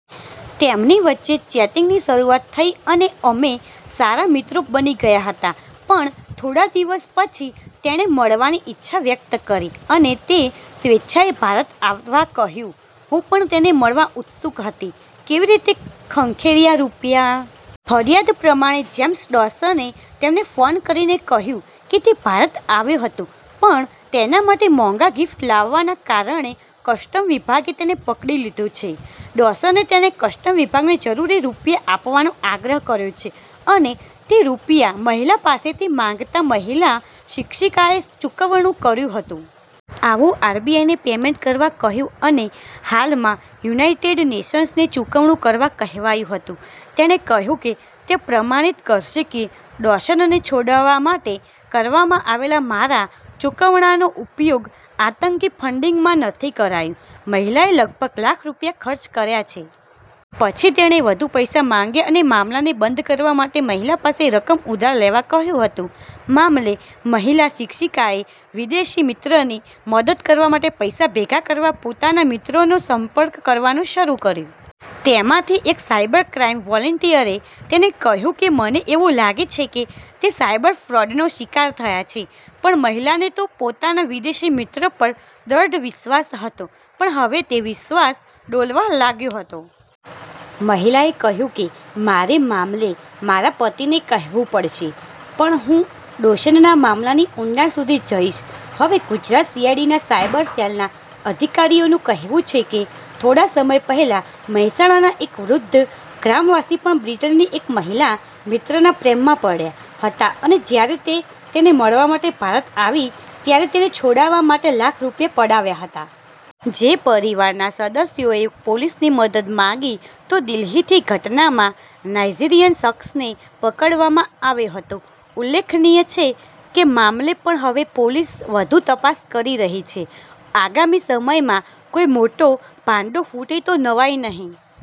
તેમની વચ્ચે ચેટિંગની શરૂઆત થઈ અને અમે સારા મિત્રો બની ગયા હતા, પણ થોડાદિવસ પછી તેણે મળવાની ઈચ્છા વ્યક્ત કરી અને તે સ્વેચ્છાએ ભારત આવવા કહ્યું. હું પણ તેને મળવા ઉત્સુક હતી. કેવી રીતે ખંખેર્યા રૂપિયા? ફરિયાદ પ્રમાણે, જેમ્સ ડોસને તેમને ફોન કરીને કહ્યું કે તે ભારત આવ્યો હતો પણ તેના માટે મોંઘા ગીફ્ટ લાવવાના કારણે કસ્ટમ વિભાગે તેને પકડી લીધો છે. ડોસને તેને કસ્ટમ વિભાગને જરૂરી રૂપિયા આપવાનો આગ્રહ કર્યો છે અને તે રૂપિયા મહિલા પાસેથી માગતા મહિલા શિક્ષિકાએ ચુવકણું કર્યું હતું. આવુંઆરબીઆઈને પેમેન્ટ કરવા કહ્યું અને હાલમાં યુનાઈટેડ નેશન્સ ને ચુકવણું કરવા કહેવાયું હતું. તેણે કહ્યું કે તે પ્રમાણિત કરશે કે ડોશનને છોડાવા માટે કરવામાં આવેલા મારા ચુકવણાનો ઉપયોગ આતંકી ફંડિંગમાં નથી કરાયું. મહિલાએ લગભગ લાખ રૂપિયા ખર્ચ કર્યા છે. પછી તેણે વધુ પૈસા માગ્યા અને મામલાને બંધ કરવા માટે મહિલા પાસે રકમ ઉધાર લેવા કહ્યું હતું. મામલે મહિલા શિક્ષિકાએ વિદેશી મિત્રની મદદ કરવા માટે પૈસા ભેગા કરવા પોતાના મિત્રોનો સંપર્ક કરવાનું શરૂ કર્યું. તેમાંથી એક સાયબર ક્રાઈમ વોલેંટિયરે તેને કહ્યું કે મને એવું લાગે છે કે તે સાયબર ફ્રોડનો શિકાર થયા છે. પણ મહિલાને તો પોતાના વિદેશી મિત્ર પર દ્રઢ વિશ્વાસ હતો પણ હવે તે વિશ્વાસ ડોલવા લાગ્યો હતો. મહિલાએ કહ્યું કે મારેમામલે મારા પતિને કહેવું પડશે, પણ હું ડોશનના મામલાની ઉંડાણ સુધી જઈશ. હવે ગુજરાત સીઆઈડીના સાયબર સેલના અધિકારીઓનું કહેવું છે કે થોડા સમય પહેલા મહેસાણાના એક વૃદ્ધ ગ્રામવાસી પણ બ્રિટનની એક મહિલા મિત્રના પ્રેમમાં પડ્યા હતા અને જ્યારે તે તેને મળવા માટે ભારત આવી ત્યારે તેને છોડાવા માટે લાખ રૂપિયા પડાવ્યા હતા. જે પરિવારના સદસ્યોએ પોલીસની મદદ માગી તો દિલ્હીથીઘટનામાં નાઈઝીરિયન શખ્સને પકડવામાં આવ્યો હતો. ઉલ્લેખનીય છે કેમામલે પણ હવે પોલીસ વધુ તપાસ કરી રહી છે. આગામી સમયમાં કોઈ મોટો ભાંડો ફૂટે તો નવાઈ નહીં.